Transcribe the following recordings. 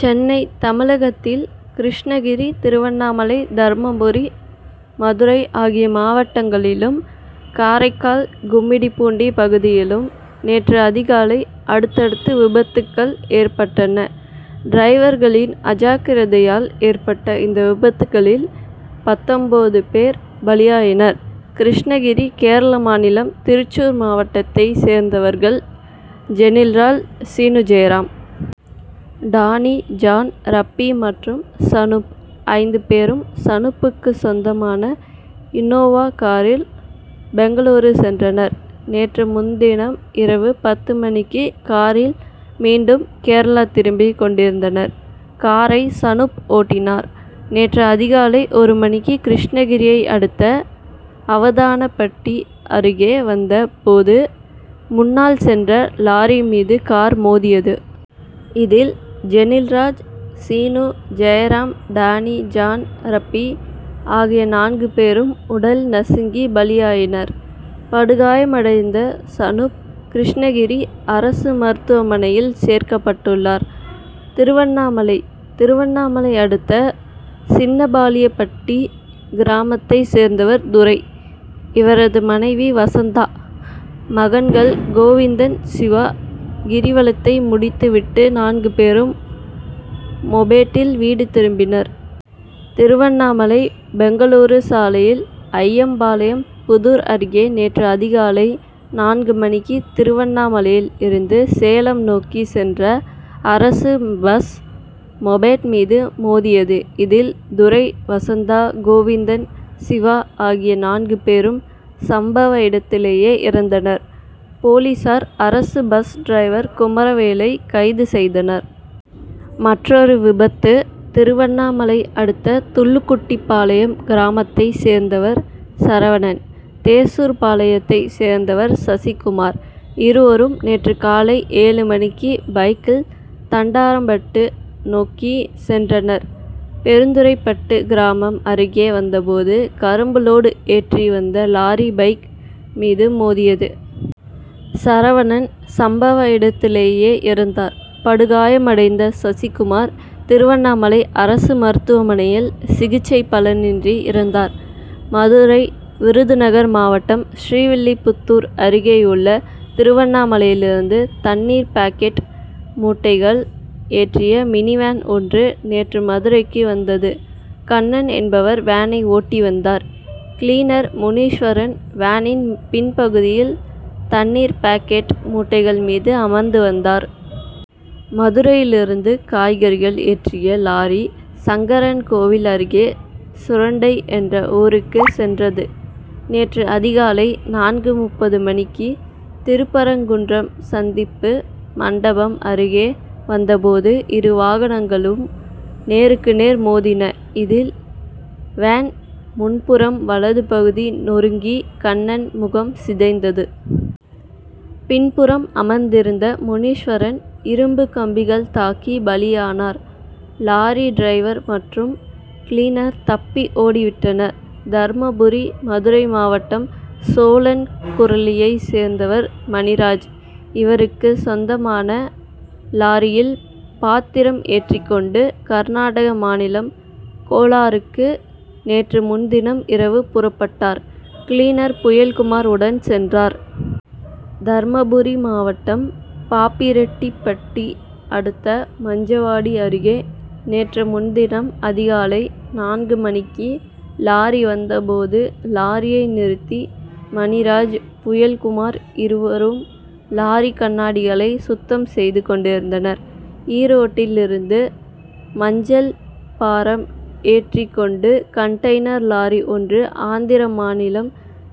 சென்னை தமிழகத்தில் கிருஷ்ணகிரி திருவண்ணாமலை தர்மபுரி மதுரை ஆகிய மாவட்டங்களிலும் காரைக்கால் கும்மிடிப்பூண்டி பகுதியிலும் நேற்று அதிகாலை அடுத்தடுத்து விபத்துக்கள் ஏற்பட்டன. டிரைவர்களின் அஜாக்கிரதையால் ஏற்பட்ட இந்த விபத்துக்களில் பத்தொம்போது பேர் பலியாயினர். கிருஷ்ணகிரி கேரள மாநிலம் திருச்சூர் மாவட்டத்தைச் சேர்ந்தவர்கள் ஜெனில்ராஜ் சீனுஜெயராம். டானி ஜான் ரப்பி மற்றும் சனூப். ஐந்து பேரும் சனூப்புக்கு சொந்தமான இன்னோவா காரில் பெங்களூரு சென்றனர். நேற்று முன்தினம் இரவு பத்து மணிக்கு காரில் மீண்டும் கேரளா திரும்பிக் கொண்டிருந்தனர். காரை சனூப் ஓட்டினார். நேற்று அதிகாலை ஒரு மணிக்கு கிருஷ்ணகிரியை அடுத்த அவதானபட்டி அருகே வந்த போது முன்னால் சென்ற லாரி மீது கார் மோதியது. இதில் ஜெனில்ராஜ் சீனு ஜெயராம் டானி ஜான் ரப்பி ஆகிய நான்கு பேரும் உடல் நசுங்கி பலியாயினர். படுகாயமடைந்த சனூப் கிருஷ்ணகிரி அரசு மருத்துவமனையில் சேர்க்கப்பட்டுள்ளார். திருவண்ணாமலை திருவண்ணாமலை அடுத்த சின்னபாலியப்பட்டி கிராமத்தை சேர்ந்தவர் துரை. இவரது மனைவி வசந்தா. மகன்கள் கோவிந்தன் சிவா. கிரிவலத்தை முடித்து விட்டு நான்கு பேரும் மொபெட்டில் வீடு திரும்பினர். திருவண்ணாமலை பெங்களூரு சாலையில் அய்யம்பாளையம் புதூர் அருகே நேற்று அதிகாலை நான்கு மணிக்கு திருவண்ணாமலையில் இருந்து சேலம் நோக்கிச் சென்ற அரசு பஸ் மொபெட் மீது மோதியது. இதில் துரை வசந்தா கோவிந்தன் சிவா ஆகிய நான்கு பேரும் சம்பவ இடத்திலேயே இறந்தனர். போலீசார் அரசு பஸ் டிரைவர் குமரவேலை கைது செய்தனர். மற்றொரு விபத்து திருவண்ணாமலை அடுத்த துள்ளுக்குட்டி பாளையம் கிராமத்தை சேர்ந்தவர் சரவணன். தேசூர் பாளையத்தை சேர்ந்தவர் சசிகுமார். இருவரும் நேற்று காலை ஏழு மணிக்கு பைக்கில் தண்டாரம்பட்டு நோக்கி சென்றனர். பெருந்துறைப்பட்டு கிராமம் அருகே வந்த போது கரும்பு லோடு ஏற்றி வந்த லாரி பைக் மீது மோதியது. சரவணன் சம்பவ இடத்திலேயே இறந்தார். படுகாயமடைந்த சசிகுமார் திருவண்ணாமலை அரசு மருத்துவமனையில் சிகிச்சை பலனின்றி இறந்தார். மதுரை விருதுநகர் மாவட்டம் ஸ்ரீவில்லிபுத்தூர் அருகேயுள்ள திருவண்ணாமலையிலிருந்து தண்ணீர் பாக்கெட் மூட்டைகள் ஏற்றிய மினிவேன் ஒன்று நேற்று மதுரைக்கு வந்தது. கண்ணன் என்பவர் வேனை ஓட்டி வந்தார். கிளீனர் முனீஸ்வரன் வேனின் பின்பகுதியில் தண்ணீர் பாக்கெட் மூட்டைகள் மீது அமர்ந்து வந்தார். மதுரையிலிருந்து காய்கறிகள் ஏற்றிய லாரி சங்கரன்கோவில் அருகே சுரண்டை என்ற ஊருக்கு சென்றது. நேற்று அதிகாலை நான்கு முப்பது மணிக்கு திருப்பரங்குன்றம் சந்திப்பு மண்டபம் அருகே வந்த போது இரு வாகனங்களும் நேருக்கு நேர் மோதின. இதில் வேன் முன்புறம் வலதுபகுதி நொறுங்கி கண்ணன் முகம் சிதைந்தது. பின்புறம் அமர்ந்திருந்த முனீஸ்வரன் இரும்பு கம்பிகள் தாக்கி பலியானர். லாரி டிரைவர் மற்றும் கிளீனர் தப்பி ஓடிவிட்டனர். தர்மபுரி மதுரை மாவட்டம் சோழன்குரலியை சேர்ந்தவர் மணிராஜ். இவருக்கு சொந்தமான லாரியில் பாத்திரம் ஏற்றி கொண்டு கர்நாடக மாநிலம் கோலாருக்கு நேற்று முன்தினம் இரவு புறப்பட்டார். கிளீனர் புயல்குமார் உடன் சென்றார். தர்மபுரி மாவட்டம் பாப்பிரெட்டிப்பட்டி அடுத்த மஞ்சவாடி அருகே நேற்று முன்தினம் அதிகாலை நான்கு மணிக்கு லாரி வந்த போது லாரியை நிறுத்தி மணிராஜ் புயல்குமார் இருவரும் லாரி கண்ணாடிகளை சுத்தம் செய்து கொண்டிருந்தனர். ஈரோட்டில் இருந்து மஞ்சள் பாரம் ஏற்றி கொண்டு கன்டெய்னர் லாரி ஒன்று ஆந்திர மாநிலம்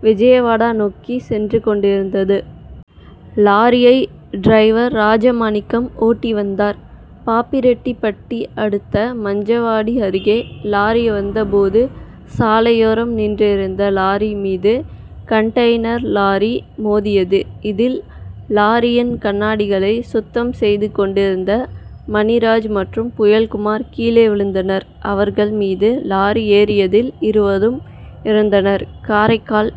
விஜயவாடா நோக்கி சென்று கொண்டிருந்தது. லாரியை டிரைவர் ராஜமாணிக்கம் ஓட்டி வந்தார். பாப்பிரெட்டிப்பட்டி அடுத்த மஞ்சவாடி அருகே லாரி வந்த போது சாலையோரம் நின்றிருந்த லாரி மீது கன்டெய்னர் லாரி மோதியது. இதில் லாரியின் கண்ணாடிகளை சுத்தம் செய்து கொண்டிருந்த மணிராஜ் மற்றும் புயல்குமார் கீழே விழுந்தனர். அவர்கள் மீது லாரி ஏறியதில் இருவரும் இறந்தனர். காரைக்கால்